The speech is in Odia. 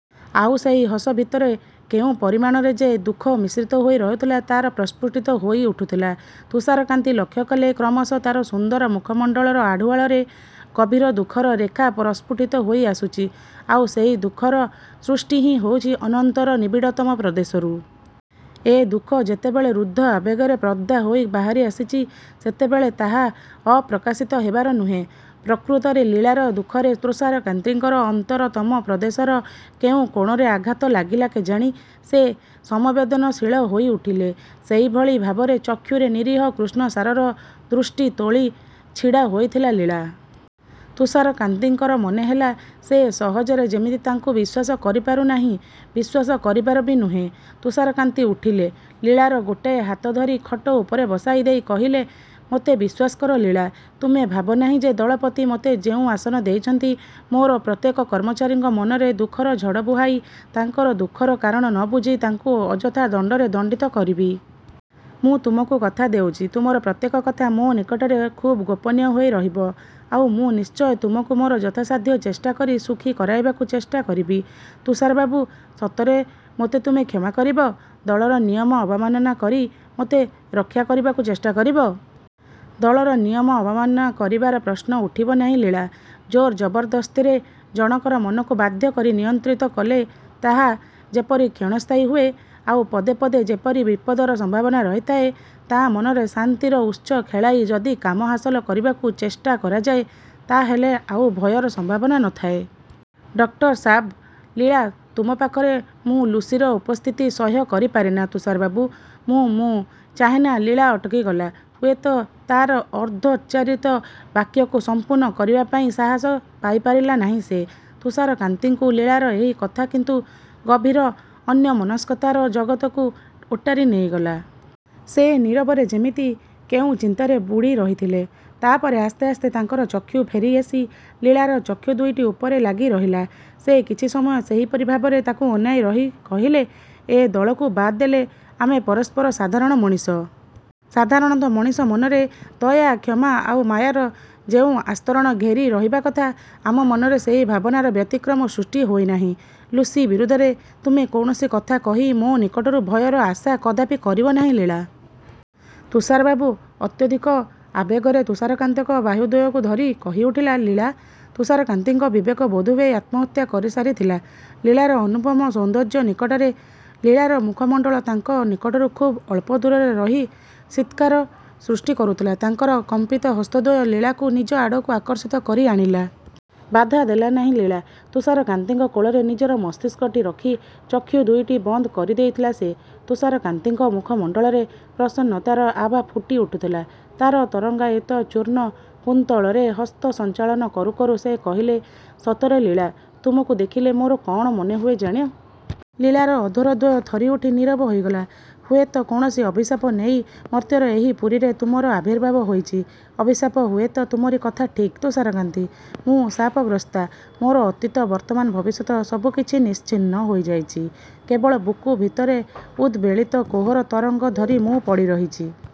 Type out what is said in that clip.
ଆଉ ସେହି ହସ ଭିତରେ କେଉଁ ପରିମାଣରେ ଯେ ଦୁଃଖ ମିଶ୍ରିତ ହୋଇ ରହିଥିଲା ତାହା ପରିଷ୍ଫୁଟ ହୋଇଉଠୁଥିଲା। ତୁଷାରକାନ୍ତି ଲକ୍ଷ୍ୟ କଲେ କ୍ରମଶଃ ତାର ସୁନ୍ଦର ମୁଖମଣ୍ଡଳର ଆଢ଼ୁଆଳରେ ଗଭୀର ଦୁଃଖର ରେଖା ପରିଷ୍ଫୁଟ ହୋଇ ଆସୁଛି। ଆଉ ସେହି ଦୁଃଖର ସୃଷ୍ଟି ହିଁ ହୋଇଛି ଅନ୍ତରର ନିବିଡ଼ତମ ପ୍ରଦେଶରୁ। ଏ ଦୁଃଖ ଯେତେବେଳେ ରୁଦ୍ଧ ଆବେଗର ପର୍ଦ୍ଦା ଖୋଲି ବାହାରି ଆସିଛି ସେତେବେଳେ ତାହା ଅପ୍ରକାଶିତ ହେବାର ନୁହେଁ। ପ୍ରକୃତରେ ଲୀଳାର ଦୁଃଖରେ ତୁଷାରକାନ୍ତିଙ୍କର ଅନ୍ତରତମ ପ୍ରଦେଶର କେଉଁ କୋଣରେ ଆଘାତ ଲାଗିଲା କେଜାଣି ସେ ସମବେଦନଶୀଳ ହୋଇଉଠିଲେ। ସେହିଭଳି ଭାବରେ ଚକ୍ଷୁରେ ନିରୀହ କୃଷ୍ଣସାରର ଦୃଷ୍ଟି ତୋଳି ଛିଡ଼ା ହୋଇଥିଲା ଲୀଳା। ତୁଷାରକାନ୍ତିଙ୍କର ମନେହେଲା ସେ ସହଜରେ ଯେମିତି ତାଙ୍କୁ ବିଶ୍ୱାସ କରିପାରୁନାହିଁ। ବିଶ୍ୱାସ କରିବାର ବି ନୁହେଁ। ତୁଷାରକାନ୍ତି ଉଠିଲେ। ଲୀଳାର ଗୋଟାଏ ହାତ ଧରି ଖଟ ଉପରେ ବସାଇ ଦେଇ କହିଲେ ମୋତେ ବିଶ୍ୱାସ କର ଲୀଳା। ତୁମେ ଭାବ ନାହିଁ ଯେ ଦଳପତି ମୋତେ ଯେଉଁ ଆସନ ଦେଇଛନ୍ତି ମୋର ପ୍ରତ୍ୟେକ କର୍ମଚାରୀଙ୍କ ମନରେ ଦୁଃଖର ଝଡ଼ ବୁହାଇ ତାଙ୍କର ଦୁଃଖର କାରଣ ନ ବୁଝି ତାଙ୍କୁ ଅଯଥା ଦଣ୍ଡରେ ଦଣ୍ଡିତ କରିବି। ମୁଁ ତୁମକୁ କଥା ଦେଉଛି ତୁମର ପ୍ରତ୍ୟେକ କଥା ମୋ ନିକଟରେ ଖୁବ୍ ଗୋପନୀୟ ହୋଇ ରହିବ। ଆଉ ମୁଁ ନିଶ୍ଚୟ ତୁମକୁ ମୋର ଯଥାସାଧ୍ୟ ଚେଷ୍ଟା କରି ସୁଖୀ କରାଇବାକୁ ଚେଷ୍ଟା କରିବି। ତୁଷାର ବାବୁ ସତରେ ମୋତେ ତୁମେ କ୍ଷମା କରିବ? ଦଳର ନିୟମ ଅବମାନନା କରି ମୋତେ ରକ୍ଷା କରିବାକୁ ଚେଷ୍ଟା କରିବ? ଦଳର ନିୟମ ଅବମାନନା କରିବାର ପ୍ରଶ୍ନ ଉଠିବ ନାହିଁ ଲୀଳା। ଜୋର୍‌ଜବରଦସ୍ତରେ ଜଣକର ମନକୁ ବାଧ୍ୟ କରି ନିୟନ୍ତ୍ରିତ କଲେ ତାହା ଯେପରି କ୍ଷୀଣସ୍ଥାୟୀ ହୁଏ ଆଉ ପଦେ ପଦେ ଯେପରି ବିପଦର ସମ୍ଭାବନା ରହିଥାଏ ତା ମନରେ ଶାନ୍ତିର ଉତ୍ସ ଖେଳାଇ ଯଦି କାମ ହାସଲ କରିବାକୁ ଚେଷ୍ଟା କରାଯାଏ ତା ହେଲେ ଆଉ ଭୟର ସମ୍ଭାବନା ନଥାଏ। ଡକ୍ଟର ସାବ ଲୀଳା ତୁମ ପାଖରେ ମୁଁ ଲୁସିର ଉପସ୍ଥିତି ସହ୍ୟ କରିପାରେନା ତୁଷାର ବାବୁ। ମୁଁ ମୁଁ ଚାହେଁନା ଲୀଳା ଅଟକିଗଲା। ହୁଏତ ତାର ଅର୍ଦ୍ଧୋଚ୍ଚାରିତ ବାକ୍ୟକୁ ସମ୍ପୂର୍ଣ୍ଣ କରିବା ପାଇଁ ସାହସ ପାଇପାରିଲା ନାହିଁ ସେ। ତୁଷାରକାନ୍ତିଙ୍କୁ ଲୀଳାର ଏହି କଥା କିନ୍ତୁ ଗଭୀର ଅନ୍ୟମନସ୍କତାର ଜଗତକୁ ଓଟାରି ନେଇଗଲା। ସେ ନୀରବରେ ଯେମିତି କେଉଁ ଚିନ୍ତାରେ ବୁଡ଼ି ରହିଥିଲେ। ତା ପରେ ଆସ୍ତେ ଆସ୍ତେ ତାଙ୍କର ଚକ୍ଷୁ ଫେରି ଆସି ଲୀଳାର ଚକ୍ଷୁ ଦୁଇଟି ଉପରେ ଲାଗିରହିଲା। ସେ କିଛି ସମୟ ସେହିପରି ଭାବରେ ତାକୁ ଅନାଇ ରହି କହିଲେ ଏ ଦଳକୁ ବାଦ୍ ଦେଲେ ଆମେ ପରସ୍ପର ସାଧାରଣ ମଣିଷ। ସାଧାରଣତଃ ମଣିଷ ମନରେ ଦୟା, କ୍ଷମା ଆଉ ମାୟାର ଯେଉଁ ଆସ୍ତରଣ ଘେରି ରହିବା କଥା ଆମ ମନରେ ସେହି ଭାବନାର ବ୍ୟତିକ୍ରମ ସୃଷ୍ଟି ହୋଇନାହିଁ। ଲୁସି ବିରୁଦ୍ଧରେ ତୁମେ କୌଣସି କଥା କହି ମୋ ନିକଟରୁ ଭୟର ଆଶା କଦାପି କରିବ ନାହିଁ ଲୀଳା। ତୁଷାର ବାବୁ, ଅତ୍ୟଧିକ ଆବେଗରେ ତୁଷାରକାନ୍ତିଙ୍କ ବାହୁଦ୍ୱୟକୁ ଧରି କହିଉଠିଲା ଲୀଳା। ତୁଷାରକାନ୍ତିଙ୍କ ବିବେକ ବୋଧହୁଏ ଆତ୍ମହତ୍ୟା କରିସାରିଥିଲା ଲୀଳାର ଅନୁପମ ସୌନ୍ଦର୍ଯ୍ୟ ନିକଟରେ। ଲୀଳାର ମୁଖମଣ୍ଡଳ ତାଙ୍କ ନିକଟରୁ ଖୁବ୍ ଅଳ୍ପ ଦୂରରେ ରହି ସୀତ୍କାର ସୃଷ୍ଟି କରୁଥିଲା। ତାଙ୍କର କମ୍ପିତ ହସ୍ତଦ୍ୱୟ ଲୀଳାକୁ ନିଜ ଆଡ଼କୁ ଆକର୍ଷିତ କରି ଆଣିଲା। ବାଧା ଦେଲା ନାହିଁ ଲୀଳା। ତୁଷାରକାନ୍ତିଙ୍କ କୋଳରେ ନିଜର ମସ୍ତିଷ୍କଟି ରଖି ଚକ୍ଷୁ ଦୁଇଟି ବନ୍ଦ କରିଦେଇଥିଲା ସେ। ତୁଷାରକାନ୍ତିଙ୍କ ମୁଖମଣ୍ଡଳରେ ପ୍ରସନ୍ନତାର ଆଭା ଫୁଟିଉଠୁଥିଲା। ତାର ତରଙ୍ଗାୟିତ ଚୂର୍ଣ୍ଣ କୁନ୍ତଳରେ ହସ୍ତ ସଞ୍ଚାଳନ କରୁ କରୁ ସେ କହିଲେ ସତରେ ଲୀଳା, ତୁମକୁ ଦେଖିଲେ ମୋର କଣ ମନେହୁଏ ଜାଣ? ଲୀଳାର ଅଧରଦ୍ୱୟ ଥରିଉଠି ନୀରବ ହୋଇଗଲା। ହୁଏତ କୌଣସି ଅଭିଶାପ ନେଇ ମର୍ତ୍ତ୍ୟର ଏହି ପୁରୀରେ ତୁମର ଆବିର୍ଭାବ ହୋଇଛି। ଅଭିଶାପ ହୁଏତ ତୁମରି କଥା ଠିକ୍ ତୁଷାରକାନ୍ତି। ମୁଁ ଶାପଗ୍ରସ୍ତା। ମୋର ଅତୀତ, ବର୍ତ୍ତମାନ, ଭବିଷ୍ୟତ ସବୁ କିଛି ନିଶ୍ଚିହ୍ନ ହୋଇଯାଇଛି। କେବଳ ବୁକୁ ଭିତରେ ଉଦ୍‌ବେଳିତ କୋହର ତରଙ୍ଗ ଧରି ମୁଁ ପଡ଼ିରହିଛି।